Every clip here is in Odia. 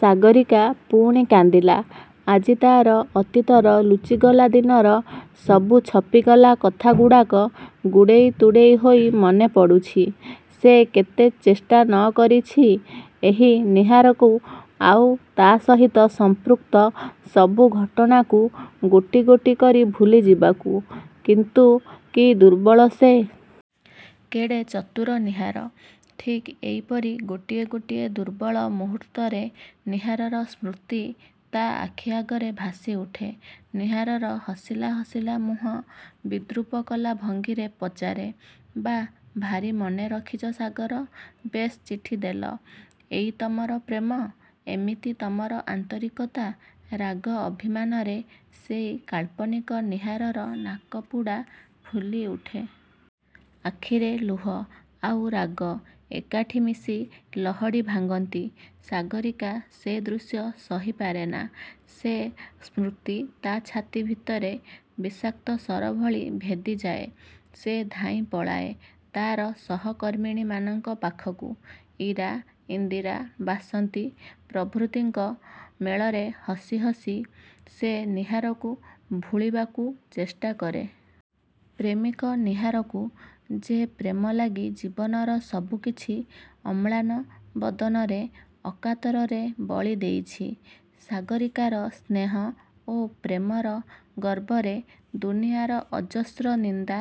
ସାଗରୀକା ପୁଣି କାନ୍ଦିଲା। ଆଜି ତା'ର ଅତୀତର ଲୁଚିଗଲା ଦିନର ସବୁ ଛପିଗଲା କଥାଗୁଡ଼ାକ ଗୁଡ଼େଇ ତୁଡ଼େଇ ହୋଇ ମନେପଡ଼ୁଛି। ସେ କେତେ। ଚେଷ୍ଟା ନ କରିଛି ଏହି ନୀହାରକୁ ଆଉ ତା' ସହିତ ସଂପୃକ୍ତ ସବୁ ଘଟଣାକୁ ଗୋଟି ଗୋଟି କରି ଭୁଲିଯିବାକୁ। କିନ୍ତୁ କି ଦୁର୍ବଳ ସେ। କେଡ଼େ ଚତୁର ନୀହାର। ଠିକ୍ ଏଇପରି ଗୋଟିଏ ଗୋଟିଏ ଦୁର୍ବଳ ମୁହୂର୍ତ୍ତରେ ନୀହାରର ସ୍ମୃତି ତା' ଆଖି ଆଗରେ ଭାସି ଉଠେ। ନୀହାରର ହସିଲା ହସିଲା ମୁହଁ ବିଦ୍ରୂପ କଲା ଭଙ୍ଗୀରେ ପଚାରେ-''ବାଃ ଭାରୀ ମନେରଖିଛ ସାଗର-ବେଶ୍ ଚିଠି ଦେଲ। ଏଇ ତମର ପ୍ରେମ-ଏମିତି ତମର ଆନ୍ତରିକତା''-ରାଗ ଅଭିମାନରେ ସେଇ କାଳ୍ପନିକ ନୀହାରର ନାକପୁଡ଼ା ଫୁଲି ଉଠେ। ଆଖିରେ ଲୁହ ଆଉ ରାଗ ଏକାଠି ମିଶି ଳହଡ଼ି ଭାଙ୍ଗନ୍ତି। ସାଗରୀକା ସେ ଦୃଶ୍ୟ ସହିପାରେନା। ସେ ସ୍ମୃତି ତା' ଛାତି ଭିତରେ ବିଷାକ୍ତ ଶର ଭଳି ଭେଦିଯାଏ। ସେ ଧାଇଁ ପଳାଏ ତା'ର ସହକର୍ମିଣୀମାନଙ୍କ ପାଖକୁ। ଇରା, ଇନ୍ଦିରା, ବାସନ୍ତୀ ପ୍ରଭୃତିଙ୍କ ମେଳରେ ହସି ହସି ସେ ନୀହାରକୁ ଭୁଳିବାକୁ ଚେଷ୍ଟା କରେ। ପ୍ରେମିକ ନୀହାରକୁ। ଯେ ପ୍ରେମ ଲାଗି ଜୀବନର ସବୁ କିଛି ଅମ୍ଳାନ ବଦନରେ ଅକାତରରେ ବଳି ଦେଇଛି। ସାଗରୀକାର ସ୍ନେହ ଓ ପ୍ରେମର ଗର୍ବରେ ଦୁନିଆର ଅଜସ୍ର ନିନ୍ଦା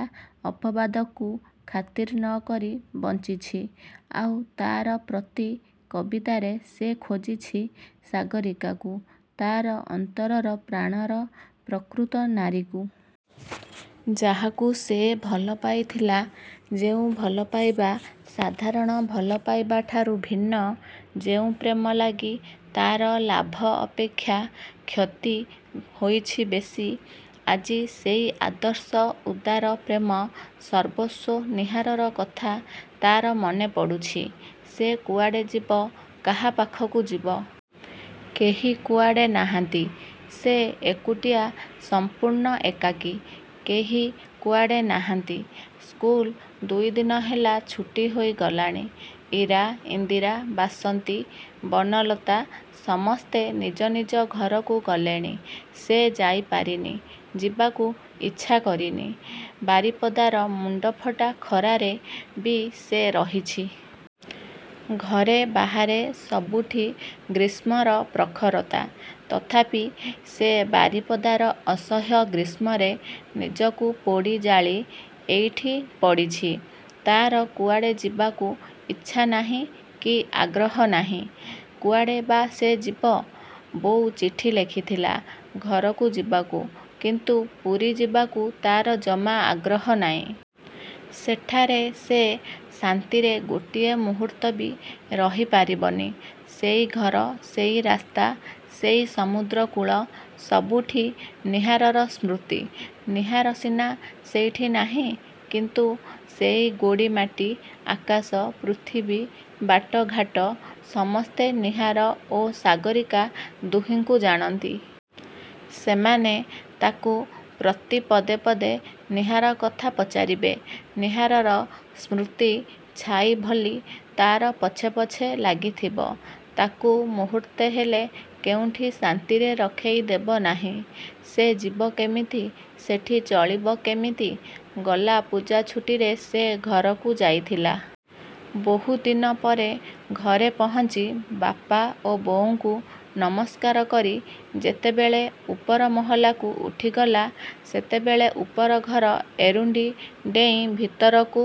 ଅପବାଦକୁ ଖାତିର୍ ନ କରି ବଞ୍ଚିଛି। ଆଉ ତା'ର ପ୍ରତି କବିତାରେ ସେ ଖୋଜିଛି ସାଗରୀକାକୁ, ତା'ର ଅନ୍ତରର ପ୍ରାଣର ପ୍ରକୃତ ନାରୀକୁ। ଯାହାକୁ ସେ ଭଲପାଇଥିଲା। ଯେଉଁ ଭଲପାଇବା ସାଧାରଣ ଭଲପାଇବା ଠାରୁ ଭିନ୍ନ। ଯେଉଁ 'ପ୍ରେମ' ଲାଗି ତା'ର ଲାଭ ଅପେକ୍ଷା କ୍ଷତି ହୋଇଛି ବେଶୀ। ଆଜି ସେଇ ଆଦର୍ଶ ଉଦାର ପ୍ରେମ-ସର୍ବସ୍ୱ ନୀହାରର କଥା ତା'ର ମନେପଡ଼ୁଛି। ସେ କୁଆଡ଼େ ଯିବ। କାହା ପାଖକୁ ଯିବ। କେହି କୁଆଡ଼େ ନାହାନ୍ତି। ସେ ଏକୁଟିଆ ସମ୍ପୂର୍ଣ୍ଣ ଏକାକୀ। କେହି କୁଆଡ଼େ ନାହାନ୍ତି। ସ୍କୁଲ ଦୁଇ ଦିନ ହେଲା ଛୁଟି ହୋଇଗଲାଣି। ଇରା, ଇନ୍ଦିରା, ବାସନ୍ତୀ, ବନଲତା ସମସ୍ତେ ନିଜ ନିଜ ଘରକୁ ଗଲେଣି। ସେ ଯାଇପାରିନି। ଯିବାକୁ ଇଚ୍ଛା କରିନି-। ବାରିପଦାର ମୁଣ୍ଡଫଟା ଖରାରେ ବି ସେ ରହିଛି। ଘରେ ବାହାରେ ସବୁଠି ଗ୍ରୀଷ୍ମର ପ୍ରଖରତା-। ତଥାପି ସେ ବାରିପଦାର ଅସହ୍ୟ ଗ୍ରୀଷ୍ମରେ ନିଜକୁ ପୋଡ଼ି ଜାଳି ଏଇଠି ପଡ଼ିଛି। ତା'ର କୁଆଡ଼େ ଯିବାକୁ ଇଚ୍ଛା ନାହିଁ କି ଆଗ୍ରହ ନାହିଁ। କୁଆଡ଼େ ବା ସେ ଯିବ। ବୋଉ ଚିଠି ଲେଖିଥିଲା; ଘରକୁ ଯିବାକୁ। କିନ୍ତୁ ପୁରୀ ଯିବାକୁ ତା'ର ଜମା ଆଗ୍ରହ ନାହିଁ। ସେଠାରେ ସେ ଶାନ୍ତିରେ ଗୋଟିଏ ମୁହୂର୍ତ୍ତ ବି ରହିପାରିବନି। ସେଇ ଘର, ସେଇ ରାସ୍ତା, ସେଇ ସମୁଦ୍ରକୂଳ ସବୁଠି ନୀହାରର ସ୍ମୃତି। ନୀହାର ସିନା ସେଇଠି ନାହିଁ। କିନ୍ତୁ ସେଇ ଗୋଡ଼ି ମାଟି, ଆକାଶ ପୃଥିବୀ, ବାଟଘାଟ ସମସ୍ତେ ନୀହାର ଓ ସାଗରୀକା ଦୁହିଁଙ୍କୁ ଜାଣନ୍ତି। ସେମାନେ ତାକୁ ପ୍ରତି ପଦେ ପଦେ ନୀହାର କଥା ପଚାରିବେ-। ନୀହାରର ସ୍ମୃତି ଛାଇ ଭଲି ତା'ର ପଛେ ପଛେ ଲାଗିଥିବ। ତାକୁ ମୁହୂର୍ତ୍ତେ ହେଲେ କେଉଁଠି ଶାନ୍ତିରେ ରଖେଇ ଦେବନାହିଁ। ସେ ଯିବ କେମିତି? ସେଠି ଚଳିବ କେମିତି? ଗଲା ପୂଜା ଛୁଟିରେ ସେ ଘରକୁ ଯାଇଥିଲା। ବହୁ ଦିନ ପରେ ଘରେ ପହଞ୍ଚି ବାପା ଓ ବୋଉଙ୍କୁ ନମସ୍କାର କରି ଯେତେବେଳେ ଉପର ମହଲାକୁ ଉଠିଗଲା, ସେତେବେଳେ ଉପର ଘର ଏରୁଣ୍ଡି ଡେଇଁ ଭିତରକୁ